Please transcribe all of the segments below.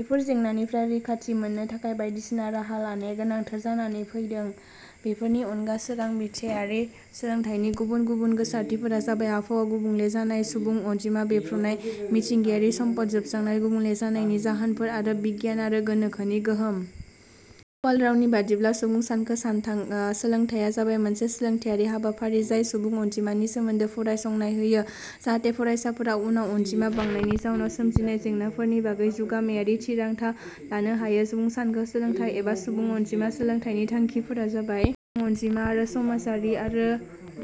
बेफोर जेंनानिफ्राय रैखाथि मोननो थाखाय बाइदिसिना राहा लानाया गोनांथार जानानै फैदों।. बेफोरनि अनगा, सोरांबिथियारि सोलोंथाइनि गुबुन गुबुन गोसारथिफोरा जाबाय, आबहावा गुबुंले जानाय, सुबुं अनजिमा बेफ्रुनाय, मिथिंगायारि सम्पद जोबस्रांनाय, गुबुंले जानायनि जाहोनफोर आरो बिगियान आरो गोनोखोनि गोहोम।: ग 'पाल रावनि बादिब्ला, "सुबुं सानखो सानथां ओ सोलोंथाइया जाबाय मोनसे सोलोंथाइयारि हाबाफारि जाय सुबुं अनजिमानि सोमोन्दै फरायसंनाय होयो जाहाथे फरायसाफोरा सुबुं अनजिमा बांनायनि जाउनाव सोमजिनाय जेंनाफोरनि बागै जुगामियारि थिरांथा लानो हायो। सुबुं सानखो सोलोंथाइ एबा सुबुं अनजिमा सोलोंथाइनि थांखिफोरा जाबायः. सुबुं अनजिमा आरो समाजारि आरो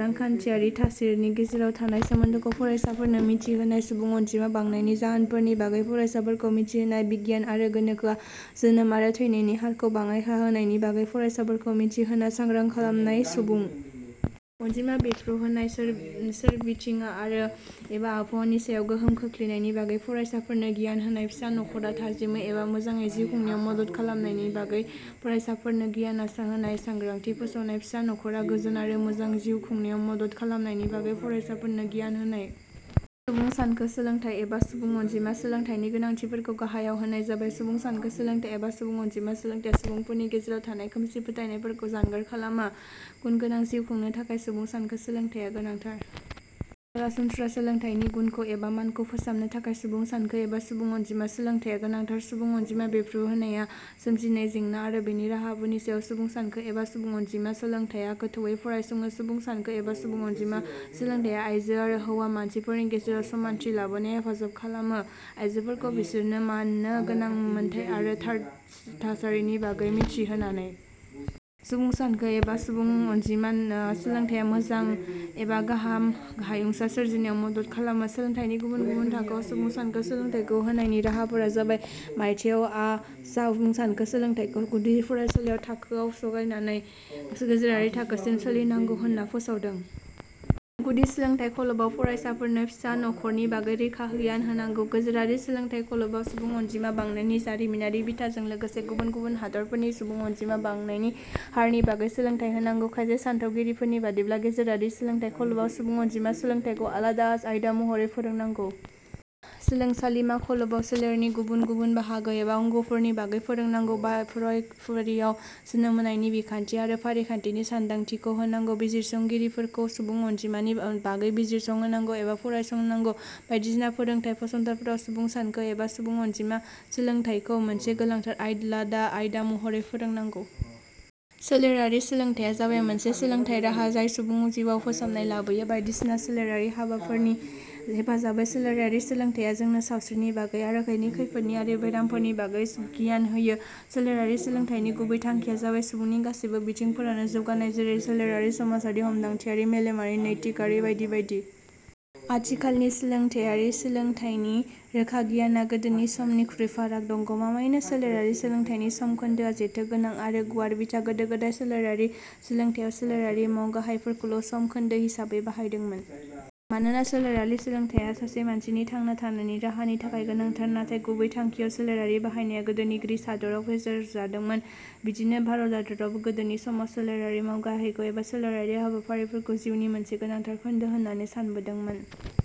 रांखान्थियारि थासारिनि गेजेराव थानाय सोमोन्दैखौ फरायसाफोरनो मिथिहोनाय।. सुबुं अनजिमा बांनायनि जाहोनफोरनि बागै फरायसाफोरखौ मिथिहोनाय।. बिगियान आरो गोनोखोआ जोनोम आरो थैनायनि हारखौ बाङाय जाहोनायनि बागै फरायसाफोरखौ मिथि होना सांग्रां खालामनाय।.सुबुं अनजिमा बेरफ्रुनाय सोर सोरबिथिङा आरो एबा आबहावानि सायाव गोहोम खोखलैनायनि बागै फरायसाफोरनो गियान होनाय।.फिसा नख 'रा थाजिमै एबा मोजांयै जिउ खुंनायाव मदद खालामनायनि बागै फरायसाफोरनो गियान होना सांग्रांथि फोसावनाय।.फिसा नख 'रा गोजोन आरो मोजां जिउ खुंनायाव मदद खालामनायनि बागै फरायसाफोरनो गियान होनाय।: सुबुं सानखो सोलोंथाइ एबा सुबुं अनजिमा सोलोंथाइनि गोनांथिफोरखौ गाहायाव होनाय जाबायः सुबुं सानखो सोलोंथाइ एबा सुबुं अनजिमा सोलोंथाइया सुबुंफोरनि गेजेराव थानाय खोमसि फोथायनाय फोरखौ जानखार खालामो। गुन गोनां जिउ खुंनो थाखाय सुबुं सानखो सोलोंथाइया गोनांथार। सरासनम्रा सोलोंथाइनि गुनखौ एबा मानखौ फोसाबनो थाखाय सुबुं सानखो एबा सुबुं अनजिमा सोलोंथाइया गोनांथार। सुबुं अनजिमा बेफ्रुनाया सोमजिहोनाय जेंना आरो बेनि राहाफोरनि सायाव सुबुं सानखो एबा सुबुं अनजिमा सोलोंथाइया गोथौयै फरायसङो। सुबुं सानखो एबा सुबुं अनजिमा सोलोंथाइया आइजो आरो हौवा मानसिफोरनि गेजेराव समानथि लाबोनायाव हेफाजाब खालामो आइजोफोरखौ बिसोरनि मोननो गोनां मोनथाइ आरो थासारिनि बागै मिथि होनानै। सुबुं सानखो एबा सुबुं अनजिमा सोलोंथाइया मोजां एबा गाहाम हायुंसा सोरजिनायाव मदद खालामो।: सोलोंथाइनि गुबुन गुबुन थाखोआव सुबुं सानखो सोलोंथाइखौ होनायनि राहाफोरा जाबाय:. मायथाइयाव, आ सुबुं सानखो सोलोंथाइखौ गुदि फरायसालि थाखोआव जागायना गेजेरारि थाखोसिम सोलिनांगो होनना फोसावदों।. गुदि सोलोंथाइ खल 'बाव फरायसाफोरनो फिसा नख 'रनि बागै रोखा गियान होनांगौ।. गेजेरारि सोलोंथाइ खल 'बाव सुबुं अनजिमा बांनायनि जारिमिनारि बिथाजों लोगोसे गुबुन गुबुन हादरफोरनि सुबुं अनजिमा बांनायनि हारनि बागै सोलोंथाइ होनांगौ।. खायसे सान्थौगिरिफोरनि बादिब्ला गेजेरारि सोलोंथाइ खल 'बाव सुबुं अनजिमा सोलोंथाइखौ आलादा आयदा महरै फोरोंनांगौ।. सोलोंसालिमा खल 'बाव, सोलेरनि गुबुन गुबुन बाहागो एबा अंग 'फोरनि बागै फोरोंनांगौ। फरायफारिफोराव जोनोम होनाय बिखान्थि आरो फारिखान्थिनि सान्दांथिखौ होनांगौ।. बिजिरसंगिरिफोरखौ सुबुं अनजिमानि बागै बिजिरसंहोनांगौ एबा फरायसं होनांगौ।. बायदिसिना फोरोंथाइ फसंथानफोराव सुबुं सानखो एबा सुबुं अनजिमा सोलोंथाइखौ मोनसे गोनांथार आलादा आयदा महरै फोरोंनांगौ।: सोलेरारि सोलोंथाइया जाबाय मोनसे सोलोंथाइ राहा जाय सुबुं जिउआव फोसाबनाय लाबोयो बायदिसिना सोलेरारि हाबाफारिफोरनि हेफाजाबै। सोलेरारि सोलोंथाइया जोंनो सावस्रिनि बागै आरो बेनि खैफोद आरो बेरामफोरनि बागै गियान होयो। सोलेरारि सोलोंथाइनि गुबै थांखिया जाबाय, सुबुंनि गासैबो बिथिंफोरावनो जौगानाय जेरै- सोलेरारि, समाजारि, हमदांथियारि, मेलेमारि, नैतिकआरि बायदि बायदि।: आथिखालनि सोलोंथायारि सोलोंथाइनि रोखा गियाना गोदोनि समनिख्रुइ फाराग दं। गमामायैनो "सोलेरारि सोलोंथाइ " नि सम खोन्दोआ जेथो गोनां आरो गुवार बिथा। गोदो गोदाय सोलेरारि सोलोंथाइयाव सोलेरारि मावगाहाय फोरखौल' सम खोन्दो हिसाबै बाहायदोंमोन। मानोना सोलेरारि सोलोंथाइया सासे मानसिनि थांना थानाय राहानि थाखाय गोनांथार। नाथाइ गुबै थांखियाव सोलेरारि बाहायनाया गोदोनि ग्रीच हादराव फेहेरजादोंमोन। बिदिनो भारत हादरावबो गोदोनि समाव सोलेरारि मावगाहायखौ एबा सोलेरारि हाबाफारिफोरखौ जिउनि मोनसे गोनांथार खोन्दो होनना सानबोदोंमोन।